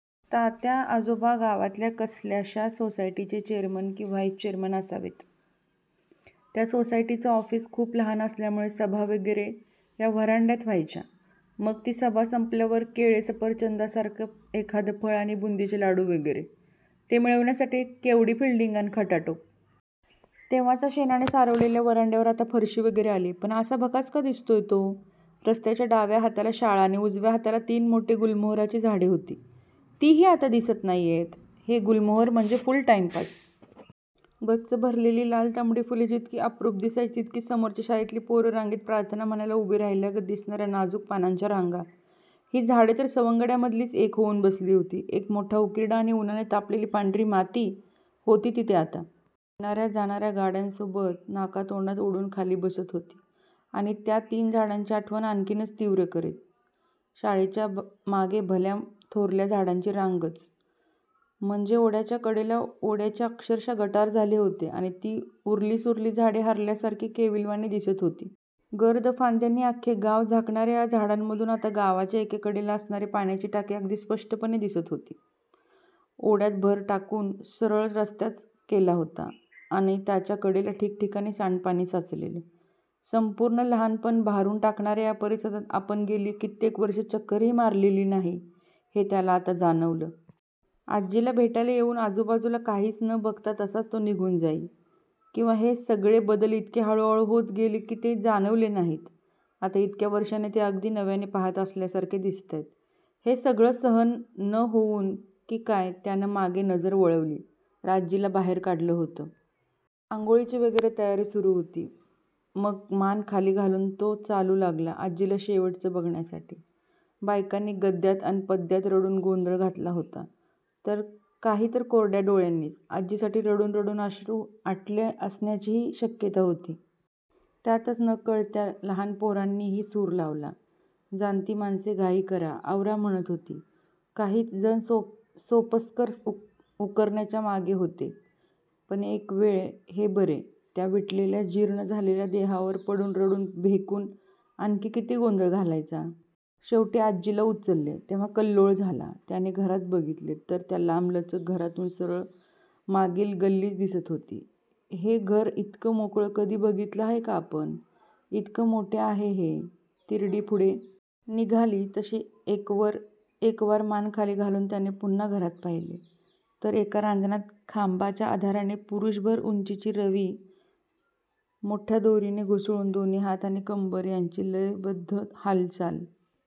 तात्या आजोबा गावातल्या कसल्याशा सोसायटीचे चेअरमन की व्हाईस चेअरमन असावेत. त्या सोसायटीचं ऑफिस खुप लहान असल्यामूळे सभा वगैरे या व्हरांड्यात व्हायच्या. मग ती सभा संपल्यावर केळे-सफरचंदासारखं एखादं फळ आणि बुंदीचे लाडू वगैरे. ते मिळवण्यासाठी केवढी फिल्डिंग अन खटाटोप. तेव्हाचा शेणाने सारवललेल्या व्हरांड्यावर आता फरशी वगैरे आलीय. पण असा भकास का दिसतोय तो? रस्त्याच्या डाव्या हाताला शाळा आणि उजव्या हाताला तीन मोठी गुलमोहराची झाडे होती. तीही आता दिसत नाहीयेत. हे गुलमोहर म्हणजे फुल टाईमपास. गच्च भरलेली लाल तांबडी फुले जितकी अप्रूप दिसायची, तितकीच समोरच्या शाळेतली पोरं रांगेत प्रार्थना म्हणायला उभी राहिल्यागत दिसणाया नाजूक पानांच्या रांगा. ही झाडे तर सवंगड्यांमधलीच एक होऊन बसली होती. एक मोठा उकिरडा अन उन्हाने तापलेली पांढरी माती होती तिथे आता. येणार्या जाणार्या गाड्यांसोबत नाकातोंडात उडून खाली बसत होती, अन त्या तीन झाडांची आठवण आणखीच तीव्र करीत. शाळेच्या मागे भल्या थोरल्या झाडांची रांगच. म्हणजे ओढ्याच्या कडेला. ओढ्याचे अक्षरशः गटार झाले होते अन ती उरलीसुरली झाडे हरल्यासारखी, केविलवाणी दिसत होती. गर्द फांद्यांनी अख्खे गाव झाकणार्या या झाडांमधून आता गावाच्या एकाकडेला असलेली पाण्याची टाकी अगदी स्पष्ट दिसत होती. ओड्यात भर टाकून सरळ रस्ताच केला होता, अन त्याच्याकडेला ठिकठिकाणी सांडपाणी साचलेलं. संपूर्ण लहाणपण भारून टाकणार्या या परिसरात आपण गेली कित्येक वर्षे चक्करही मारलेली नाही, हे त्याला आता जाणवलं. आजीला भेटायला येऊन आजूबाजूला काहीच न बघता तसाच तो निघून जाई. किंवा हे सगळे बदल इतके हळूहळू होत गेले, की ते जाणवले नाहीत. आता इतक्या वर्षांनी ते अगदी नव्याने पाहत असल्यासारखे दिसताहेत. हे सगळं सहन न होऊन की काय, त्यानं मागे नजर वळवली, तर आजीला बाहेर काढलं होतं. आंघोळीची वगैरे तयारी सुरू होती. मग मान खाली घालून तो चालू लागला. आजीला शेवटचं बघण्यासाठी. बायकांनी गद्यात अन पद्यात रडून गोंधळ घातला होता. काही तर कोरड्या डोळ्यांनीच. आजीसाठी रडून रडून अश्रू आटले असण्याचीही शक्यता होती. त्यातच न-कळत्या लहान पोरांनीही सुर लावला. जाणती माणसे घाई करा, आवरा म्हणत होती. काही जण सोपस्कार उरकण्याच्या मागे होते. पण एकवेळ हे बरे. त्या विटलेल्या, जीर्ण झालेल्या देहावर पडून, रडून भेकून, आणखी किती गोंधळ घालायचा? शेवटी आजीला उचलले तेव्हा कल्लोळ झाला. त्याने घरात बघितले, तर त्या लांबलचक घरातून सरळ मागली गल्लीच दिसत होती. हे घर इतकं मोकळं कधी बघितलं आहे का आपण? इतकं मोठं आहे हे? तिरडी पुढे निघाली, तशी एकवार मान खाली घालून त्याने पुन्हा घरात पाहिले, तर एका रांजणात खांबाच्या आधाराने पुरुषभर उंचीची रवी मोठ्या दोरीने घुसळून, दोन्ही हात आणि कंबर यांची लयबध्द हालचाल--